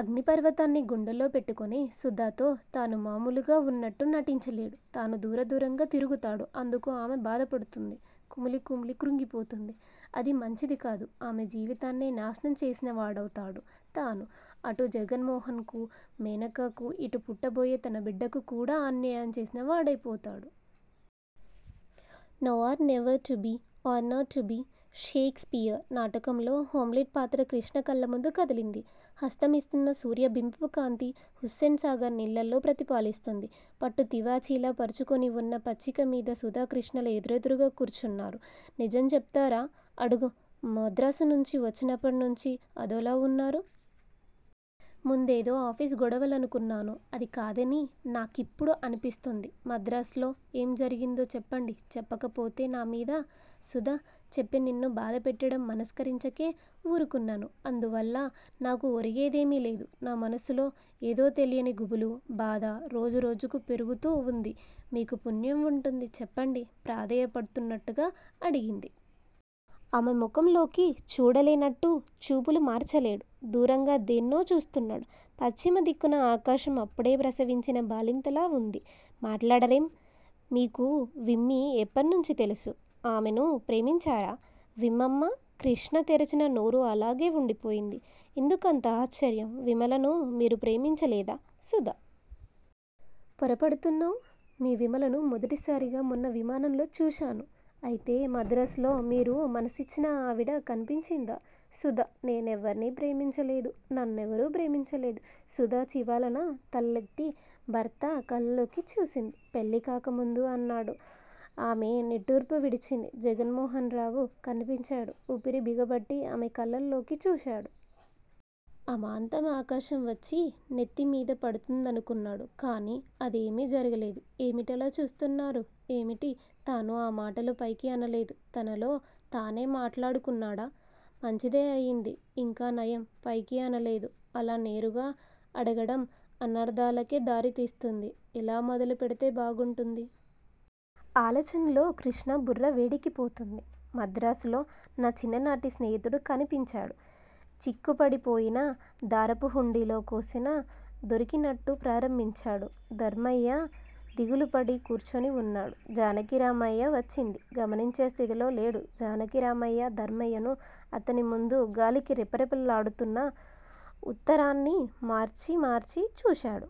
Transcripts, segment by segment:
అగ్నిపర్వతాన్ని గుండెల్లో పెట్టుకొని సుధతో తను మామూలుగా వున్నట్టు నటించలేడు. తను దూరదూరంగా తిరుగుతాడు. అందుకు ఆమె బాధపడుతుంది. కుమిలికుమిలి కృంగిపోతుంది. అది మంచిదికాదు. ఆమె జీవితాన్నే నాశనం చేసినవాడౌతాడు తాను. అటు జగన్మోహన్ కూ, మేనకకూ, ఇటు పుట్టబోయే తన బిడ్డకు కూడా అన్యాయం చేసినవాడైపోతాడు. Now or never! To be or not to be! Shakespeare నాటకంలోని హామ్లెట్ పాత్ర కృష్ణ కళ్ళముందు కదిలింది. అస్తమిస్తోన్న సూర్యబింబపుకాంతి ఉస్మాన్ సాగర్ నీళ్ళలో ప్రతిఫలిస్తోంది. పట్టుతివాచీలా పరచుకొనివున్న పచ్చికమీద సుధాకృష్ణలు ఎదురెదురుగా కూర్చున్నారు. నిజం చెబుతారా? అడుగు. మద్రాసునుంచి వచ్చినప్పటినుంచీ అదోలా వున్నారు. ముందేదో ఆఫీసు గొడవలనుకున్నాను. అది కాదని నాకిప్పుడు అనిపిస్తోంది. మద్రాసులో ఏం జరిగిందో చెప్పండి. చెప్పకపోతే నామీద__ సుధా! చెప్పి నిన్ను బాధపెట్టడం మనస్కరించకే వూరుకున్నాను. అందువల్ల నాకు ఒరిగిందేమీ లేదు. నా మనసులో ఏదో తెలియని గుబులు బాధ రోజురోజుకూ పెరిగిపోతూ వుంది. మీకు పుణ్యం ఉంటుంది చెప్పండి ప్రాధేయపడుతున్నట్టుగా అడిగింది. ఆమె ముఖంలోకి చూడలేనట్టు చూపులు మరల్చాడు. దూరంగా దేన్నో చూస్తున్నాడు. పశ్చిమదిక్కున ఆకాశం అప్పుడే ప్రసవించిన బాలింతలా వుంది. మాట్లాడరేం? మీకు విమ్మీ ఎప్పటినుంచి తెలుసు? ఆమెను ప్రేమించారా? విమ్మమ్మ? కృష్ణ తెరిచిన నోరు అలాగే వుండిపోయింది. ఎందుకంత ఆశ్చర్యం? విమలను మీరు ప్రేమించలేదా? సుధా! పొరపడుతున్నావ్. మీ విమలను మొదటిసారిగా మొన్న విమానంలోనే చూశాను. అయితే మద్రాసులో మీరు మనసిచ్చిన ఆవిడ కన్పించిందా? సుధా నేనెవరినీ ప్రేమించలేదు. నన్నెవరూ ప్రేమించలేదు. సుధ చివాలున తలెత్తి భర్త కళ్ళల్లోకి చూసింది. పెళ్ళికాకముందు అన్నాడు. ఆమె నిట్టూర్పు విడిచింది. జగన్మోహనరావు కన్పించాడు! ఊపిరి బిగబట్టి ఆమె కళ్ళల్లోకి చూశాడు. అమాంతం ఆకాశం వచ్చి నెత్తిమీద పడుతుందనుకున్నాడు. కాని అదేమీ జరగలేదు. ఏమిటలా చూస్తున్నారూ? ఏమిటీ? తను ఆ మాటలు పైకి అనలేదా? తనలో తనే మాట్లాడుకున్నాడా? మంచిదే అయింది. ఇంకా నయం పైకి అనలేదు. అలా నేరుగా అడగడం అనర్దాలకే దారితీస్తుంది. ఎలా మొదలుపెడితే బాగుంటుంది? ఆలోచనలతో కృష్ణ బుర్ర వేడెక్కిపోతున్నది. మద్రాసులో నా చిన్ననాటి స్నేహితుడు కన్పించాడు చిక్కుపడి పోయిన దారపుఉండీలో కొస దొరికినట్టు ప్రారంభించాడు. ధర్మయ్య దిగాలుపడి కూర్చుని వున్నాడు. జానకిరామయ్య వచ్చింది గమనించే స్థితిలో లేడు. జానకిరామయ్య, ధర్మయ్యనూ, అతనిముందు గాలికి రెపరెప లాడుతున్న ఉత్తరాన్నీ మార్చి మార్చి చూశాడు.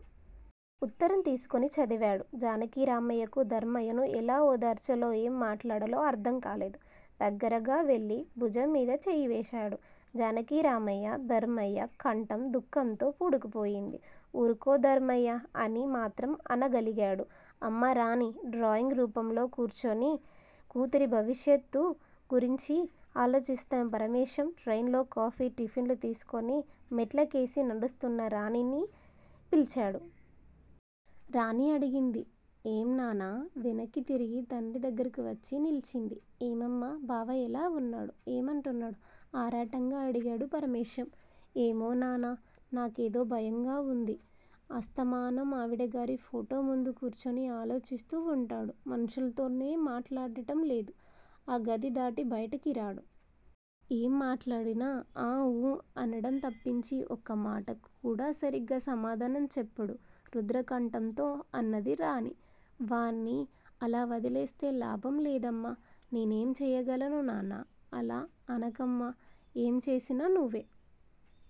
ఉత్తరం తీసుకొని చదివాడు. జానకిరామయ్యకు ధర్మయ్యను ఎలా ఓదార్చాలో, ఏం మాట్లాడాలో అర్ధం కాలేదు. దగ్గరగావెళ్ళి భుజంమీద చెయ్యివేశాడు. జానకిరామయ్యా! ధర్మయ్య కంఠం దుఃఖంతో పూడుకుపోయింది. ఊరుకో ధర్మయ్యా! అని మాత్రం అనగలిగాడు. అమ్మా రాణీ! డ్రాయింగ్ రూపంలో కూర్చుని కూతురి భవిష్యత్తు గురించి ఆలోచిస్తున్న పరమేశం, ట్రేలో కాఫీ, టిఫిన్ తీసుకొని మెట్ల కేసి నడుస్తున్న రాణిని పిల్చాడు. రాణి అడిగింది. ఏం నాన్నా? వెనక్కు తిరిగి తండ్రి దగ్గరకువచ్చి నిల్చుంది. ఏమ్మా? బావ ఎలా వున్నాడు? ఏమంటున్నాడు? ఆరాటంగా అడిగాడు పరమేశం. ఏమో నాన్నా! నాకేదో భయంగా వుంది. అస్తమానం ఆవిడగారి ఫొటో ముందు కూర్చుని ఆలోచిస్తూ వుంటాడు. మనుషులతోనే మాట్లాడటంలేదు. ఆ గది దాటి బయటికిరాడు. ఏం మాట్లాడినా ఆఁ ఊఁ అనడం తప్పించి ఒక్క మాటకు కూడా సరిగా సమాధానం చెప్పడు రుద్రకంఠంతో అన్నది రాణి. వాణ్ణి అలా వదిలేస్తే లాభం లేదమ్మా! నేనేం చెయ్యగలను నాన్నా! అలా అనకమ్మా! ఏం చేసినా నువ్వే